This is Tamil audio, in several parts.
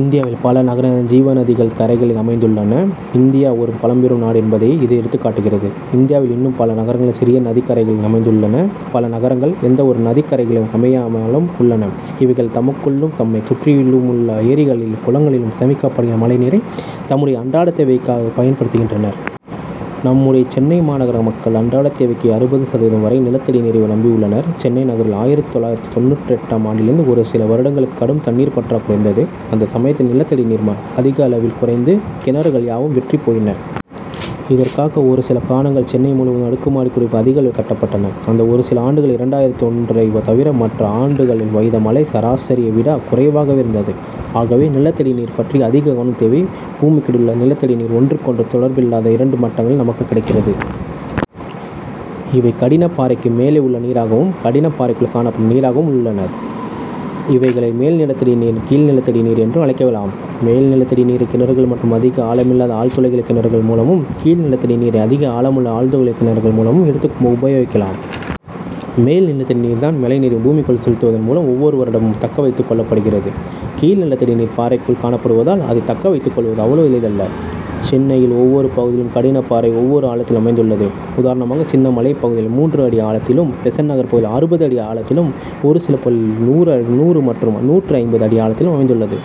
இந்தியாவில் பல நகரங்கள், ஜீவநதிகளின் கரைகளில் அமைந்துள்ளன. இந்தியா ஒரு பழம்பெரும் நாடு என்பதையே, இது எடுத்துக்காட்டுகிறது. இந்தியாவில் இன்னும் பல நகரங்கள், சிறிய நதிக்கரைகளில் அமைந்துள்ளன பல நகரங்கள், எந்த ஒரு நதிக்கரைகளிலும் அமையாமலும் உள்ளன. இவைகள் தமக்குள்ளும், தம்மை சுற்றிலும் உள்ள ஏரிகளிலும், குளங்களிலும் சேமிக்கப்படுகிற மழைநீரை, தம்முடைய அன்றாட தேவைக்கு பயன்படுத்துகின்றன. நம்முடைய சென்னை மாநகர மக்கள் அன்றாட தேவைக்கு அறுபது சதவீதம் வரை, நிலத்தடி நீரையே நம்பி உள்ளனர். சென்னை நகரில், ஆயிரத்து தொள்ளாயிரத்து தொண்ணூற்றெட்டாம் ஆண்டிலிருந்து ஒரு சில வருடங்களுக்கு கடும் தண்ணீர் பற்றாக்குறை இருந்தது. அந்த சமயத்தில் நிலத்தடி நீர்மட்டம் அதிகளவில் குறைந்து, கிணறுகள் யாவும் வற்றிப் போயின. இதற்கான ஒரு சில காரணங்கள்சென்னை முழுவதிலும் அடுக்கு மாடி குடியிருப்புகள் அதிகளவில் கட்டப்பட்டன. அந்த ஒரு சில ஆண்டுகளில், இரண்டாயிரத்து ஒன்றை தவிர, மற்ற ஆண்டுகளில் பெய்த மழை, சராசரியை விட குறைவாகவே இருந்தது. ஆகவே நிலத்தடி நீர் பற்றி அதிக கவனம் தேவை. பூமிக்கடியில் உள்ள நிலத்தடி நீர் ஒன்றுக்கொன்று தொடர்பில்லாத இரண்டு மட்டங்களில் நமக்கு கிடைக்கிறது. இவை கடின பாறைக்கு மேலே உள்ள நீராகவும், கடின பாறைக்குள் காணப்படும் நீராகவும் உள்ளது. இவைகளை மேல் நிலத்தடி நீர், கீழ் நிலத்தடி நீர் என்றும் அழைக்கலாம். மேல் நிலத்தடி நீரை கிணறுகள் மற்றும் அதிக ஆழமில்லாத ஆழ்துளை கிணறுகள் மூலமும், கீழ் நிலத்தடி நீரை அதிக ஆழமுள்ள ஆழ்துளை கிணறுகள் மூலமும் எடுத்து உபயோகிக்கலாம். மேல் நிலத்தடி நீர் தான், மழைநீரை பூமிக்குள் செலுத்துவதன் மூலம் ஒவ்வொரு வருடமும், தக்கவைத்துக் கொள்ளப்படுகிறது. கீழ் நிலத்தடி நீர் பாறைக்குள் காணப்படுவதால், அதை தக்க வைத்துக் கொள்வது அவ்வளவு எளிதல்ல. சென்னையில் ஒவ்வொரு பகுதியிலும் கடின பாறை, ஒவ்வொரு ஆழத்தில் அமைந்துள்ளது. உதாரணமாக, சின்னமலை பகுதியில் மூன்று அடி ஆழத்திலும், பெசன்ட் நகர் பகுதியில் அறுபது அடி ஆழத்திலும், ஒரு சில பகுதிகளில் நூறு மற்றும் நூற்று ஐம்பது அடி ஆழத்திலும் அமைந்துள்ளது.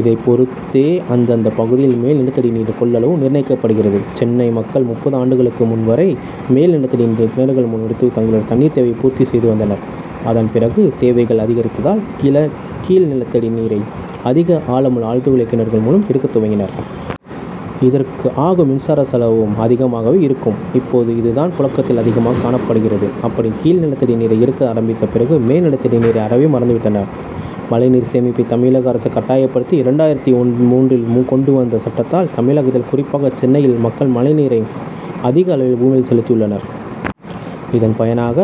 இதை பொருத்தே அந்தந்த பகுதியில் மேல் நிலத்தடி நீரின் கொள்ளளவு நிர்ணயிக்கப்படுகிறது. சென்னை மக்கள், முப்பது ஆண்டுகளுக்கு முன் வரை, மேல் நிலத்தடி நீரை கிணறுகள் மூலம் எடுத்து, தங்களுடைய தண்ணீர் தேவையை பூர்த்தி செய்து வந்தனர். அதன் பிறகு தேவைகள் அதிகரித்ததால், கீழ கீழ் நிலத்தடி நீரை அதிக ஆழமுள்ள ஆழ்துளை கிணறுகள் மூலம் எடுக்கத் துவங்கினர். இதற்கு ஆகும் மின்சார செலவும் அதிகமாகவே இருக்கும். இப்போது இது தான் புழக்கத்தில் அதிகமாக காணப்படுகிறது. அப்படி கீழ் நிலத்தடி நீரை எடுக்க ஆரம்பித்த பிறகு, மேல் நிலத்தடி நீரை அறவே மறந்து விட்டனர். மழைநீர் சேமிப்பை தமிழக அரசு கட்டாயப்படுத்தி, இரண்டாயிரத்து மூன்றில் கொண்டு வந்த சட்டத்தால், தமிழகத்தில் குறிப்பாக சென்னையில் மக்கள், மழைநீரை அதிக அளவில் பூமியில் செலுத்தியுள்ளனர். இதன் பயனாக,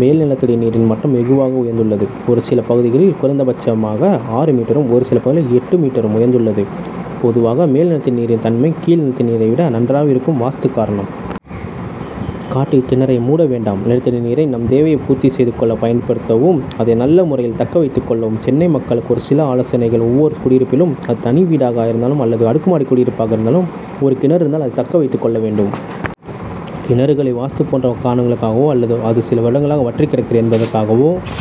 மேல் நிலத்தடி நீரின் மட்டம் வெகுவாக உயர்ந்துள்ளது. ஒரு சில பகுதிகளில் குறைந்தபட்சமாக ஆறு மீட்டரும், ஒரு சில பகுதிகளில் எட்டு மீட்டரும் உயர்ந்துள்ளது. பொதுவாக, மேல் நிலத்தடி நீரின் தன்மை, கீழ் நிலத்தடி நீரை விட நன்றாகவே இருக்கும். வாஸ்து காரணம் காட்டி கிணறை மூட வேண்டாம் நிலத்தடி நீரை, நம் தேவையை பூர்த்தி செய்து கொள்ள பயன்படுத்தவும், அதை நல்ல முறையில் தக்க வைத்துக் கொள்ளவும், சென்னை மக்களுக்கு ஒரு சில ஆலோசனைகள் ஒவ்வொரு குடியிருப்பிலும், அது தனி வீடாக இருந்தாலும் அல்லது அடுக்குமாடி குடியிருப்பாக இருந்தாலும், ஒரு கிணறு இருந்தால், அதை தக்க வைத்துக் கொள்ள வேண்டும். கிணறுகளை வாஸ்து போன்ற காரணங்களுக்காகவோ அல்லது அது சில வருடங்களாக வற்றிக் கிடக்கிறது என்பதற்காகவோ,